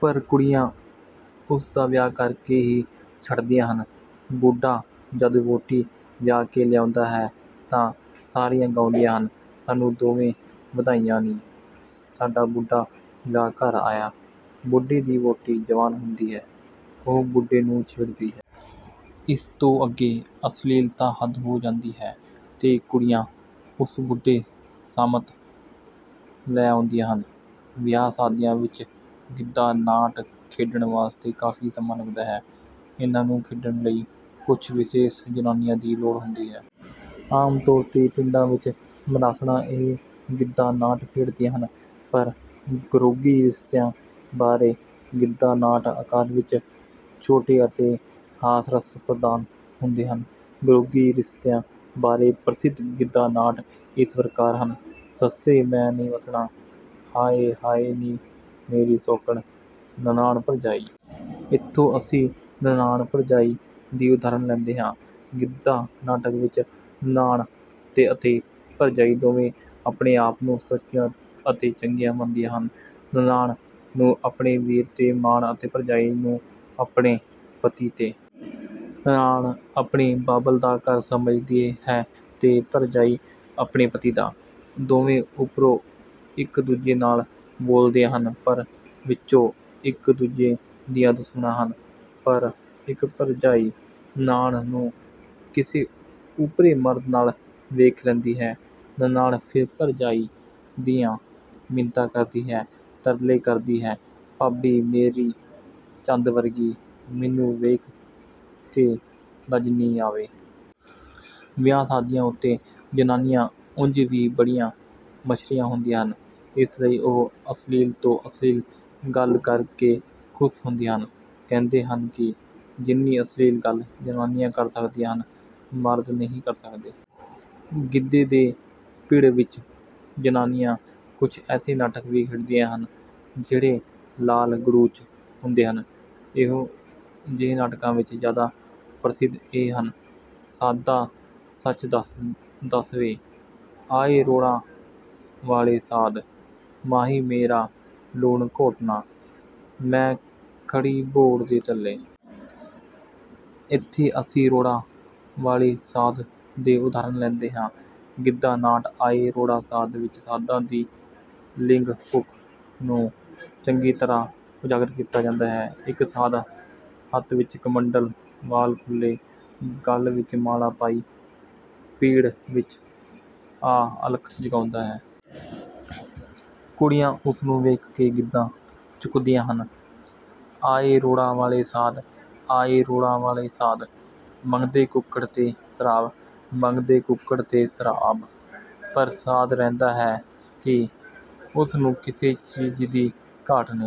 ਪਰ ਕੁੜੀਆਂ ਉਸ ਦਾ ਵਿਆਹ ਕਰ ਕੇ ਹੀ ਛੱਡਦੀਆਂ ਹਨ। ਬੁੱਢਾ ਜਦ ਵਹੁਟੀ ਵਿਆਹ ਕੇ ਲਿਆਉਂਦਾ ਹੈ ਤਾਂ ਸਾਰੀਆਂ ਗਾਉਂਦੀਆਂ ਹਨ: ਸਾਨੂੰ ਦੋਵੇਂ ਵਧਾਈਆਂ ਨੀ, ਸਾਡਾ ਬੁੱਢਾ ਵਿਆਹ ਘਰ ਆਇਆ। ਬੁੱਢੇ ਦੀ ਵਹੁਟੀ ਜਵਾਨ ਹੁੰਦੀ ਹੈ, ਉਹ ਬੁੱਢੇ ਨੂੰ ਛਿੜਦੀ ਹੈ। ਇਸ ਤੋਂ ਅੱਗੇ ਅਸ਼ਲੀਲਤਾ ਹੱਦ ਹੋ ਜਾਂਦੀ ਹੈ ਤੇ ਕੁੜੀਆਂ ਉਸ ਬੁੱਢੇ ਸ਼ਾਮਤ ਲੈ ਆਉਂਦੀਆਂ ਹਨ। ਵਿਆਹ ਸ਼ਾਦੀਆਂ ਵਿੱਚ ਗਿੱਧਾ ਨਾਟ ਖੇਡਣ ਵਾਸਤੇ ਕਾਫ਼ੀ ਸਮਾਂ ਲੱਗਦਾ ਹੈ। ਇਨ੍ਹਾਂ ਨੂੰ ਖੇਡਣ ਲਈ ਕਈ ਕੁੱਝ ਵਿਸ਼ੇਸ਼ ਜ਼ਨਾਨੀਆਂ ਦੀ ਲੋੜ ਹੁੰਦੀ ਹੈ। ਆਮ ਤੌਰ ਤੇ ਪਿੰਡਾਂ ਵਿੱਚ ਮਰਾਸਣਾਂ ਇਹ ਗਿੱਧਾ ਨਾਟ ਖੇਡਦੀਆਂ ਹਨ। ਪਰ ਘਰੋਗੀ ਰਿਸ਼ਤਿਆਂ ਬਾਰੇ ਗਿੱਧਾ ਨਾਟ ਆਕਾਰ ਵਿੱਚ ਛੋਟੇ ਅਤੇ ਹਾਸ-ਰਸ ਪ੍ਰਧਾਨ ਹੁੰਦੇ ਹਨ। ਘਰੋਗੀ ਰਿਸ਼ਤਿਆਂ ਬਾਰੇ ਪ੍ਰਸਿੱਧ ਗਿੱਧਾ ਨਾਟ ਇਸ ਪ੍ਰਕਾਰ ਹਨ: ਸੱਸੇ ਮੈਂ ਨਹੀਂ ਵੱਸਣਾ, ਹਾਏ ਹਾਏ ਨੀ ਮੇਰੀ ਸੌਂਕਣ, ਨਨਾਣ ਭਰਜਾਈ। ਇੱਥੋਂ ਅਸੀਂ ਨਨਾਣ ਭਰਜਾਈ ਦੀ ਉਦਾਹਰਨ ਲੈਂਦੇ ਹਾਂ। ਗਿੱਧਾ ਨਾਟਕ ਵਿੱਚ ਨਨਾਣ ਅਤੇ ਭਰਜਾਈ ਦੋਵੇਂ ਆਪਣੇ ਆਪ ਨੂੰ ਸੱਚੀਆਂ ਅਤੇ ਚੰਗੀਆਂ ਮੰਨਦੀਆਂ ਹਨ। ਨਨਾਣ ਨੂੰ ਆਪਣੇ ਵੀਰ ਤੇ ਮਾਣ ਅਤੇ ਭਰਜਾਈ ਨੂੰ ਆਪਣੇ ਪਤੀ ਤੇ। ਨਨਾਣ ਆਪਣੇ ਬਾਬਲ ਦਾ ਘਰ ਸਮਝਦੀ ਹੈ ਤੇ ਭਰਜਾਈ ਆਪਣੇ ਪਤੀ ਦਾ। ਦੋਵੇਂ ਉੱਪਰੋਂ ਇੱਕ ਦੂਜੇ ਨਾਲ ਬੋਲਦੀਆਂ ਹਨ ਪਰ ਵਿੱਚੋਂ ਇੱਕ ਦੂਜੇ ਦੀਆਂ ਦੁਸ਼ਮਣਾਂ ਹਨ। ਪਰ ਇੱਕ ਭਰਜਾਈ ਨਨਾਣ ਨੂੰ ਕਿਸੇ ਓਪਰੇ ਮਰਦ ਨਾਲ ਵੇਖ ਲੈਂਦੀ ਹੈ, ਨਨਾਣ ਫਿਰ ਭਰਜਾਈ ਦੀਆਂ ਮਿੰਨਤਾਂ ਕਰਦੀ ਹੈ, ਤਰਲੇ ਕਰਦੀ ਹੈ: ਭਾਬੀ ਮੇਰੀ ਚੰਦ ਵਰਗੀ, ਮੈਨੂੰ ਵੇਖ ਕੇ ਰੱਜ ਨੀ ਆਵੇ। ਵਿਆਹ ਸ਼ਾਦੀਆਂ ਉੱਤੇ ਜ਼ਨਾਨੀਆਂ ਉਂਞ ਵੀ ਬੜੀਆਂ ਮੱਛਰੀਆਂ ਹੁੰਦੀਆਂ ਹਨ। ਇਸ ਲਈ ਉਹ ਅਸ਼ਲੀਲ ਤੋਂ ਅਸ਼ਲੀਲ ਗੱਲ ਕਰ ਕੇ ਖ਼ੁਸ਼ ਹੁੰਦੀਆਂ ਹਨ। ਕਹਿੰਦੇ ਹਨ ਕਿ ਜਿੰਨੀ ਅਸ਼ਲੀਲ ਗੱਲ ਜ਼ਨਾਨੀਆਂ ਕਰ ਸਕਦੀਆਂ ਹਨ, ਮਰਦ ਨਹੀਂ ਕਰ ਸਕਦੇ। ਗਿੱਧੇ ਦੇ ਪਿੜ ਵਿੱਚ ਜ਼ਨਾਨੀਆਂ ਕੁੱਝ ਐਸੇ ਨਾਟਕ ਵੀ ਖੇਡਦੀਆਂ ਹਨ ਜਿਹੜੇ ਨਾਲ ਗੜੁੱਚ ਹੁੰਦੇ ਹਨ। ਇਹੋ ਜਿਹੇ ਨਾਟਕਾਂ ਵਿੱਚ ਜ਼ਿਆਦਾ ਪ੍ਰਸਿੱਧ ਇਹ ਹਨ: ਸਾਧਾ ਸੱਚ ਦੱਸ ਵੇ, ਆਏ ਰੋੜਾਂ ਵਾਲੇ ਸਾਧ, ਮਾਹੀ ਮੇਰਾ ਲੂਣ ਘੋਟਣਾ, ਮੈਂ ਖੜੀ ਬੋਹੜ ਦੇ ਥੱਲੇ। ਇੱਥੇ ਅਸੀਂ ਰੋੜਾਂ ਵਾਲੇ ਸਾਧ ਦੇ ਉਦਾਹਰਨ ਲੈਂਦੇ ਹਾਂ। ਗਿੱਧਾ ਨਾਟ 'ਆਏ ਰੋੜਾਂ ਸਾਧ ਵਿੱਚ' ਸਾਧਾਂ ਦੀ ਲਿੰਗ ਭੁੱਖ ਨੂੰ ਚੰਗੀ ਤਰ੍ਹਾਂ ਉਜਾਗਰ ਕੀਤਾ ਜਾਂਦਾ ਹੈ। ਇੱਕ ਸਾਧ ਹੱਥ ਵਿੱਚ ਕਮੰਡਲ, ਵਾਲ ਖੁੱਲ੍ਹੇ, ਗਲ ਵਿੱਚ ਮਾਲਾ ਪਾਈ ਪਿੜ ਵਿੱਚ ਆ ਅਲਖ ਜਗਾਉਂਦਾ ਹੈ। ਕੁੜੀਆਂ ਉਸ ਨੂੰ ਵੇਖ ਕੇ ਗਿੱਧਾ ਚੁੱਕਦੀਆਂ ਹਨ: ਆਏ ਰੋੜਾਂ ਵਾਲੇ ਸਾਧ, ਆਏ ਰੋੜਾਂ ਵਾਲੇ ਸਾਧ, ਮੰਗਦੇ ਕੁੱਕੜ ਤੇ ਸ਼ਰਾਬ, ਮੰਗਦੇ ਕੁੱਕੜ ਤੇ ਸ਼ਰਾਬ। ਪਰ ਸਾਧ ਰਹਿੰਦਾ ਹੈ ਕਿ ਉਸ ਨੂੰ ਕਿਸੇ ਚੀਜ਼ ਦੀ ਘਾਟ ਨਹੀਂ।